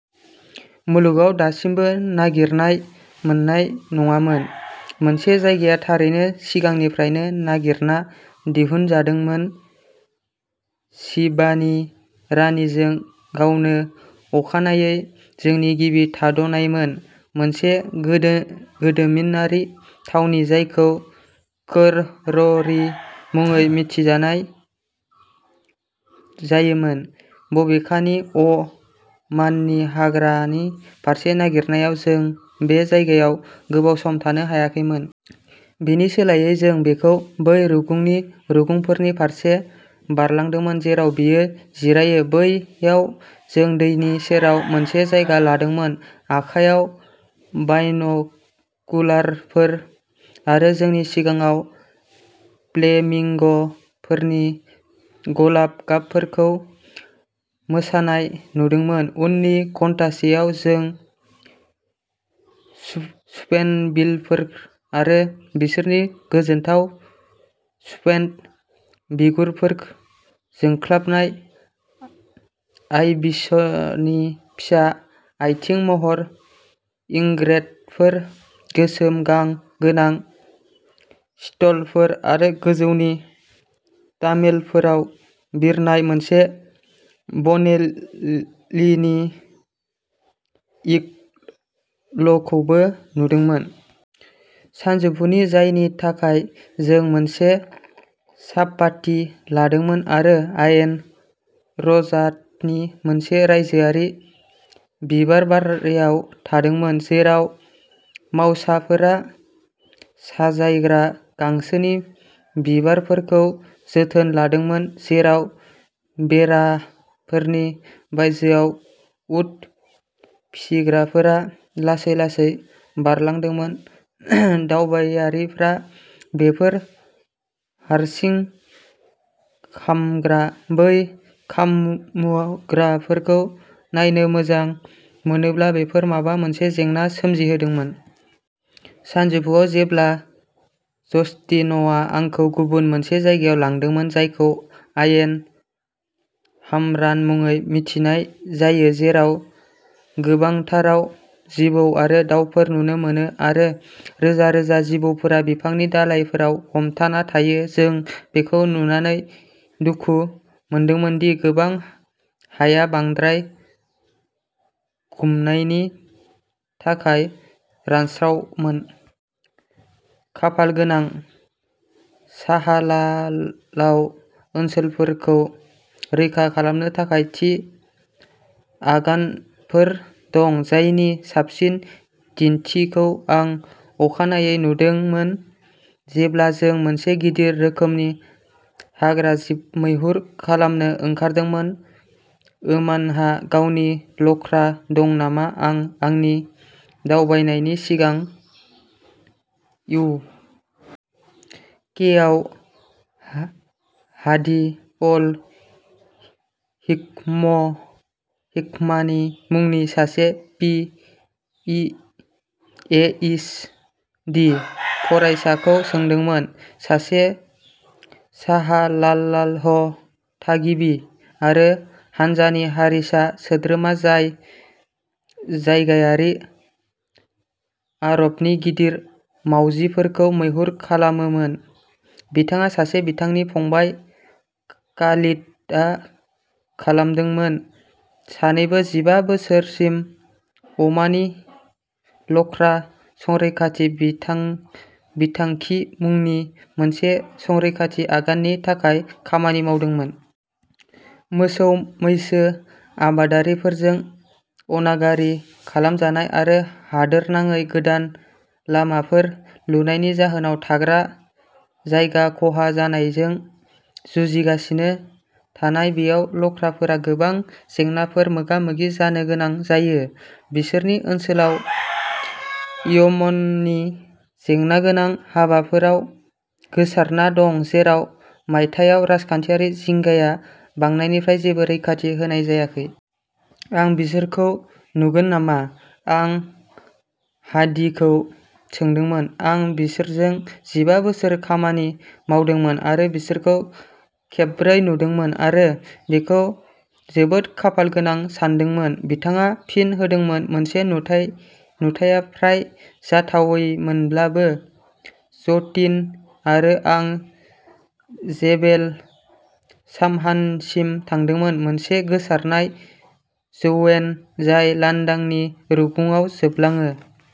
मुलुगआ दासिमबो नागिरना मोन्नाय नङामोन। मोनसे जायगाया थारैनो सिगांनिफ्रायनो नागिरना दिहुनजादोंमोन-शेबानि रानिजों गावनो-अखानायै जोंनि गिबि थाथ'नायमोन, मोनसे गोदोमिनारि थावनि जायखौ खोर र'रि मुङै मिथिनाय जायोमोन। बबेखानि, अ'माननि हाग्रानि फारसे नागिरनायाव, जों बे जायगायाव गोबाव सम थानो हायाखैमोन। बेनि सोलायै, जों बेखौ बै रुगुंनि रुगुंफोरनि फारसे बारलांदोंमोन जेराव बेयो जिरायो। बैयाव जों दैनि सेराव मोनसे जायगा लादोंमोन, आखायाव बायनकुलारफोर, आरो जोंनि सिगाङाव फ्लेमिंग'फोरनि गलाब गांफोरखौ मोसानाय नुदोंमोन। उननि घन्टासेआव, जों स्पुनबिलफोर आरो बिसोरनि गोजोनथाव स्कुपेड बिगुरफोर, जोंख्लाबनाय आइबिसनि फिसा आथिं महर, इग्रेतफोर, गोसोम गां गोनां स्टिल्टफोर आरो गोजौनि थार्मेलफोराव बिरनाय मोनसे बनेलिनि ईगलखौबो नुदोंमोन। सानजौफुनि जानायनि थाखाय, जों मोनसे चापाति लादोंमोन आरो आयने रजातनि मोनसे रायजोआरि बिबारबारियाव थांदोंमोन, जेराव मावसाफोरा साजायग्रा गांसोनि बिबारफोरखौ जोथोन लादोंमोन, जेराव, बेराफोरनि बायजोआव, उट फिसिग्राफोरा लासै-लासै बारलांदोंमोन। दावबायारिफ्रा बेफोर हारसिं-खामुग्रा ब्रै-खामुग्राफोरखौ नायनो मोजां मोनोब्लाबो, बेफोर माबा मोनसे जेंना सोमजिहोदोंमोन। सानजौफुआव, जेब्ला जस्टिनआ आंखौ गुबुन मोनसे जायगायाव लांदोंमोन, जायखौ आयने हामरान मुङै मिथिनाय जायो, जेराव गोबांथाराव जिबौ आरो दावफोर नुनो मोनो आरो रोजा-रोजा जिबौफोरा बिफांनि दालाइफोराव हमथाना थायो, जों बेखौ नुनानै दुखु मोनदोंमोन दि गोबां हाया बांद्राय गुमनायनि थाखाय रानस्रावमोन। खाफालगोनांै, सालालाहआव ओनसोलफोरखौ रैखा खालामनो थाखाय थि आगानफोर दं, जायनि साबसिन बिदिन्थिखौ आं अखानायै नुदोंमोन जेब्ला जों मोनसे गिदिर रोखोमनि हाग्राजिबखौ मैहुर खालामनो ओंखारदोंमोन। "ओमानहा गावनि लख्रा दं नामा?" आं आंनि दावबायनायनि सिगां इउ. के. आव हादि अल हिकमानि मुंनि सासे पि. एइच. डि. फरायसाखौ सोंदोंमोन। सासे सालालाह थागिबि आरो हानजानि हारिसा सोद्रोमा जाय जायगायारि आरबनि गिदिर मावजिफोरखौ मैहुर खालामोमोन, बिथाङा आरो बिथांनि फंबाय खालिदआ खालामदोंमोन। सानैबो जिबा बोसोरसिम अमानि लख्रा संरैखाथि बिथांखि मुंनि मोनसे सोरखारि आगाननि थाखाय खामानि मावदोंमोन। मोसौ-मैसो आबादारिफोरजों अनागारि खालामजानाय आरो हादोरनाङै गोदान लामाफोर लुनायनि जाहोनाव थाग्रा जायगा खहा जानायजों जुजिगासिनो थानाय, बेयाव लख्राफोरा गोबां जेंनाफोरजों मोगा-मोगि जानो गोनां जायो। बिसोरनि ओनसोलआ यमननि जेंनागोनां हाफोरावबो गोसारना दं, जेराव मायथाइयाव राजखान्थियारि जिंगाया बांनायनिफ्राय जेबो रैखाथि होनाय जायाखै। "आं बिसोरखौ नुगोन नामा?" आं हादीखौ सोंदोंमोन। आं बिसोरजों जिबा बोसोर खामानि मावदोंमोन आरो बिसोरखौ खेबब्रै नुदोंमोन-आरो बेखौ जोबोद खाफालगोनां सानदोंमोन, बिथाङा फिन होदोंमोन। मोनसे नुथाया फ्राय जाथावैमोनब्लाबो, जस्टिन आरो आं जेबेल सामहानसिम थांदोंमोन, मोनसे गोसारनाय जौयेन जाय लांदांनि रुगुङाव जोबलाङो।